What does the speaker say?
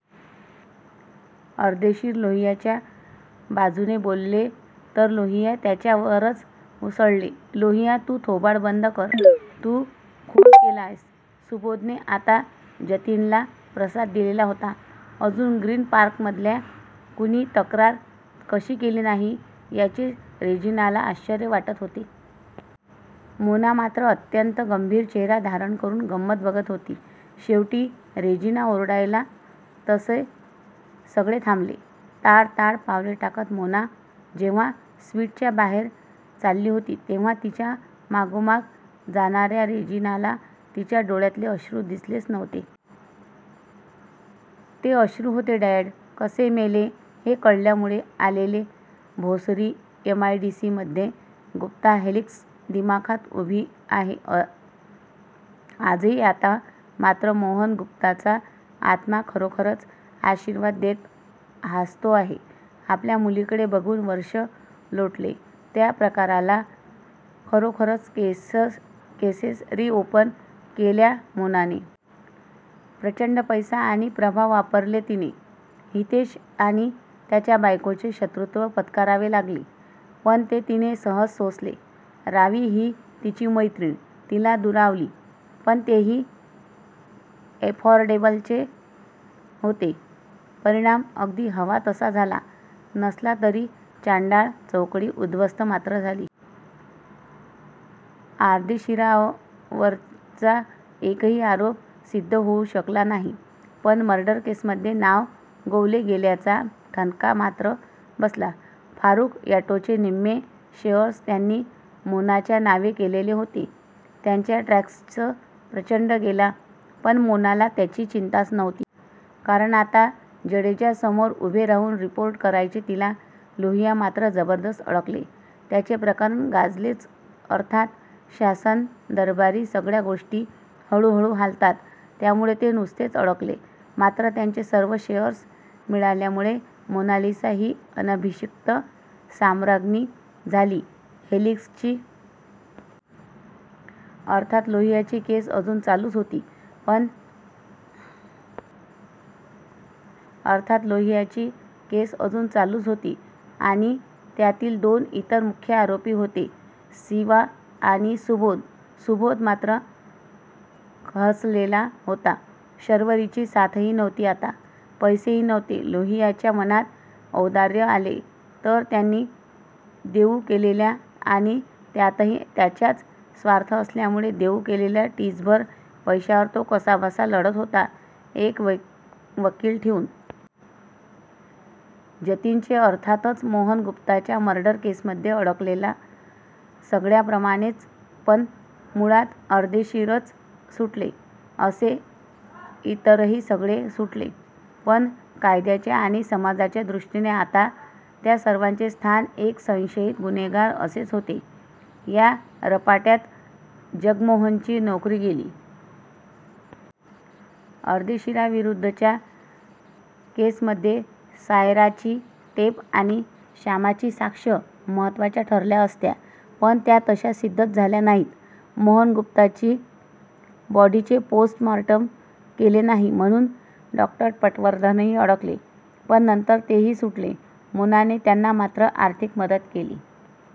अर्देशीर लोहियांच्या बाजूने बोलले तर लोहिया त्यांच्यावरच उसळले, लोहिया तू थोबाड बंद कर तू खून केलायस, सुबोधने आता जतीनला प्रसाद दिलेला होता. अजून ग्रीन पार्कमधल्या कुणी तक्रार कशी केली नाही याचेच रेजिनाला आश्चर्य वाटत होते. मोना मात्र अत्यंत गंभीर चेहरा धारण करून गंमत बघत होती. शेवटी रेजिना ओरडला तसे सगळे थांबले.. ताडताड पावले टाकत मोना जेव्हा स्विटच्या बाहेर चालली होती तेव्हा तिच्या मागोमाग जाणार्या रेजिनाला तिच्या डोळ्यातले अश्रू दिसलेच नव्हते. ते अश्रू होते डॅड कसे मेले हे कळल्यामुळे आलेले. Bhosari M I D C मध्ये गुप्ता हेलिक्स दिमाखात उभी आहे. आजही, आता मात्र मोहन गुप्तांचा आत्मा खरोखरच आशीर्वाद देत हासतो आहे आपल्या मुलीकडे बघून वर्ष लोटले त्या प्रकाराला, खरोखरच केसेस री ओपन केल्या मोनाने! प्रचंड पैसा आणि प्रभाव वापरले तिने, हितेश आणि त्याच्याबायकोचे शत्रूत्व पत्करावे लागले. पण ते तिने सहज सोसले. रावी ही तिची मैत्रीण तिला दुरावली. पण तेही ॲड फोर्डेबलच होते. परिणाम अगदी हवा तसा झाला नसला तरी चांडाळ चौकडी उद्ध्वस्त मात्र झाली. अर्देशीरांवरचा एकही आरोप सिद्ध होऊ शकला नाही. पण मर्डर केसमध्ये नाव गोवले गेल्याचा ठपका मात्र बसला. फारुख ऑटोचे निम्मे शेअर्स त्यांनी मोनाच्या नावे केलेले होते.. त्याचा टॅक्सच प्रचंड गेला.. पण मोनाला त्याची चिंताच नव्हती. कारण आता जडेजा समोर उभे राहून रिपोर्ट करायचे तिला.. लोहिया मात्र जबरदस्त अडकले. त्यांचे प्रकरण गाजलेच. अर्थात. शासनदरबारी सगळ्या गोष्टी हळूहळू हालतात. त्यामुळे ते नुसतेच अडकले. मात्र त्यांचे सर्व शेअर्स मिळाल्यामुळे मोनालिसा ही अनभिषिक्त सम्राज्ञी झाली हेलिक्सची. अर्थात, लोहियांची केस अजून चालूच होती.आणि त्यातील दोन इतर मुख्य आरोपी होते सिवा आणि सुबोध-सुबोध मात्र खचलेला होता. शर्वरीची साथही नव्हती आता. पैसेही नव्हते. लोहियांच्या मनात औदार्य आले तर त्यांनी देऊ केलेल्या आणि त्यातही त्यांचाच स्वार्थ असल्यामुळे देऊ केलेल्या टिचभर पैशांवर तो कसाबसा लढत होता एक वकील ठेवून.. जतीनचे अर्थातच मोहन गुप्तांच्या मर्डर केसमध्ये अडकला सगळ्यांप्रमाणेच, पण मुळात अर्देशीरच सुटले तसे इतरही सगळे सुटले. पण कायद्याच्या आणि समाजाच्या दृष्टीने आता त्या सर्वांचे स्थान एक संशयीत गुन्हेगार असेच होते. या रपाट्यात जगमोहनची नोकरी गेली.. अर्देशीरांविरुद्धच्या केसमध्ये सायराची टेप आणि शामाची साक्ष महत्वाच्या ठरल्या असत्या.. पण त्या तशा सिद्धच झाल्या नाहीत.. मोहन गुप्तांच्या बॉडीचे पोस्ट मॉर्टेम केले नाही म्हणून डॉ. पटवर्धनही अडकले, पण नंतर तेही सुटले. मोनाने त्यांना मात्र आर्थिक मदत केली.